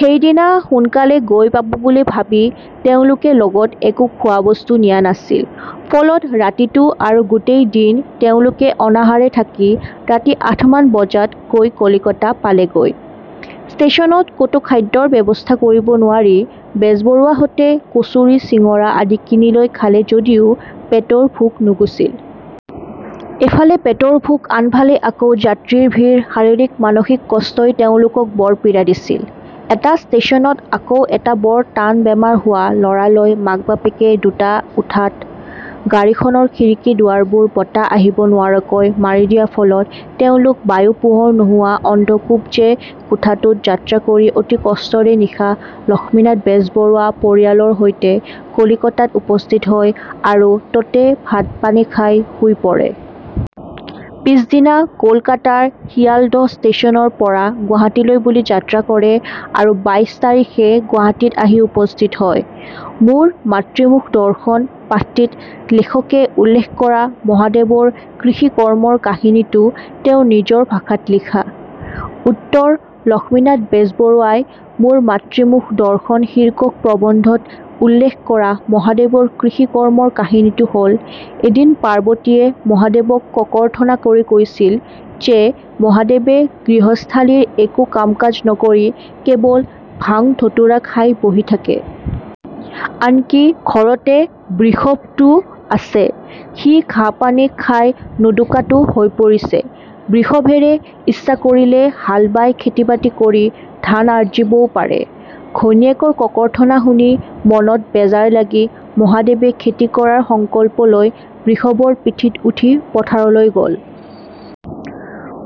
সেইদিনা সোণকালে গৈ পাব বুলি ভাবি তেওঁলোকে লগত একো খোৱা বস্তু নিয়া নাছিল। ফলত ৰাতিটো আৰু গোটেই দিন তেওঁলোকে অনাহাৰে থাকি ৰাতি আঠমান বজাত গৈ কলিকতা পালেগৈ। ষ্টেশ্যনত ক'তো খাদ্যৰ ব্যৱস্থা কৰিব নোৱাৰি বেজবৰুৱাহঁতে কচুৰি, শিঙৰা আদি কিনি লৈ খালে যদিও পেটৰ ভোক নুগুছিল। এফালে পেটৰ ভোক, আনফালে আকৌ যাত্ৰীৰ ভিৰ, শাৰিৰীক মানসিক কষ্টই তেওঁলোকক বৰ পীড়া দিছিল। এটা ষ্টেশ্যনত আকৌ এটা বৰ টান বেমাৰ হোৱা ল'ৰা লৈ মাক-বাপেকে দুটা উঠাত গাড়ী খনৰ খিৰিকী দুৱাৰবোৰ বতাহ আহিব নোৱাৰাকৈ মাৰি দিয়া ফলত তেওঁলোক বায়ু- পোহৰ নোহোৱা অন্ধকূপ যে কোঠাটোত যাত্ৰা কৰি অতি কষ্টৰে নিশা লক্ষ্মীনাথ বেজবৰুৱা পৰিয়ালৰ সৈতে কলিকতাত উপস্থিত হয় আৰু ততে ভাত পানী খাই শুই পৰে। পিছদিনা কলকতাৰ শিয়ালদহ স্টেছনৰ পৰা গুৱাহাটীলৈ বুলি যাত্ৰা কৰে আৰু বাইশ তাৰিখে গুৱাহাটীত আহি উপস্থিত হয়।। 'মোৰ মাতৃমুখ দৰ্শন' পাঠটিত লেখকে উল্লেখ কৰা মহাদেৱৰ কৃষি কৰ্মৰ কাহিনীটো তোমাৰ নিজৰ ভাষাত লিখা। উত্তৰঃ লক্ষ্মীনাথ বেজবৰুৱাই 'মোৰ মাতৃমুখ দৰ্শন' শীৰ্ষক প্ৰৱন্ধত উল্লেখ কৰা মহাদেৱৰ কৃষি কৰ্মৰ কাহিনী টো হ'ল- এদিন পাৰ্বতীয়ে মহাদেৱক ককৰ্থনা কৰি কৈছিল, যে মহাদেৱে গৃহস্থালিৰ একো কাম-কাজ নকৰি কেৱল ভাং-ধতুৰা খাই বহি থাকে। আনকি ঘৰতে বৃষভটো আছে, সি ঘাঁহ-পানী খাই নোদোকা টো হৈ পৰিছে, বৃষভেৰে ইচ্ছা কৰিলে হাল বাই খেতি-বাতি কৰি ধান আৰ্জিবও পাৰে। ঘৈণীয়েকৰ ককৰ্থনা শুনি মনত বেজাৰ লাগি মহাদেৱে খেতি কৰাৰ সংকল্প লৈ বৃষভৰ পিঠিত উঠি পথাৰলৈ গ'ল।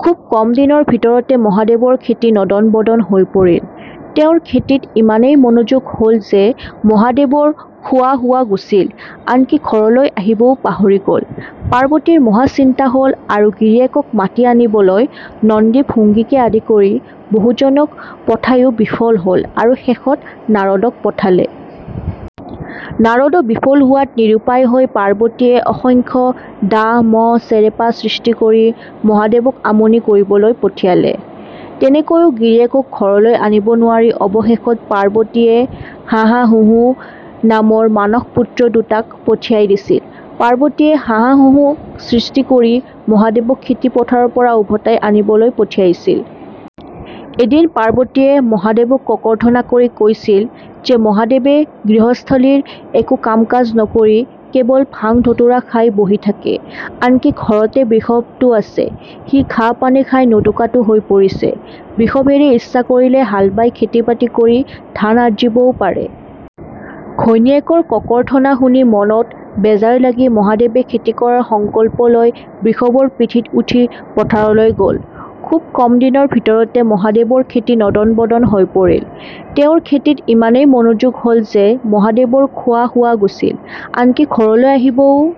খুব কম দিনৰ ভিতৰতে মহাদেৱৰ খেতি নদন বদন হৈ পৰিল। তেওঁৰ খেতিত ইমানেই মনোযোগ হ'ল যে মহাদেৱৰ খোৱা-শোৱা গুছিল। আনকি ঘৰলৈ আহিবও পাহৰি গ'ল। পাৰ্বতীৰ মহা চিন্তা হ'ল আৰু গিৰীয়েকক মাতি আনিবলৈ নন্দী-ভূংগীকে আদি কৰি বহুজনক পঠাইও বিফল হ'ল আৰু শেষত নাৰদক পঠালে। নাৰদো বিফল হোৱাত নিৰুপায় হৈ পাৰ্বতীয়ে অসংখ্য ডাঁহ, মহ, চেৰেপা সৃষ্টি কৰি মহাদেৱক আমনি কৰিবলৈ পঠিয়ালে। তেনেকৈও গিৰীয়েকক ঘৰলৈ আনিব নোৱাৰি অৱশেষত পাৰ্বতীয়ে হাহা-হুহু নামৰ মানস পুত্ৰ দুটাক পঠিয়াই দিছিল। পাৰ্বতীয়ে হাহা হুহুক সৃষ্টি কৰি মহাদেৱক খেতি পথাৰৰ পৰা উভতাই আনিবলৈ পঠিয়াইছিল। এদিন পাৰ্বতীয়ে মহাদেৱক ককৰ্থনা কৰি কৈছিল, যে মহাদেৱে গৃহস্থালিৰ একো কাম-কাজ নকৰি কেৱল ভাং-ধতুৰা খাই বহি থাকে। আনকি ঘৰতে বৃষভটো আছে, সি ঘাঁহ-পানী খাই নোদোকা টো হৈ পৰিছে, বৃষভেৰে ইচ্ছা কৰিলে হাল বাই খেতি-বাতি কৰি ধান আৰ্জিবও পাৰে। ঘৈণীয়েকৰ ককৰ্থনা শুনি মনত বেজাৰ লাগি মহাদেৱে খেতি কৰাৰ সংকল্প লৈ বৃষভৰ পিঠিত উঠি পথাৰলৈ গ'ল। খুব কম দিনৰ ভিতৰতে মহাদেৱৰ খেতি নদন বদন হৈ পৰিল। তেওঁৰ খেতিত ইমানেই মনোযোগ হ'ল যে মহাদেৱৰ খোৱা-শোৱা গুছিল। আনকি ঘৰলৈ আহিবও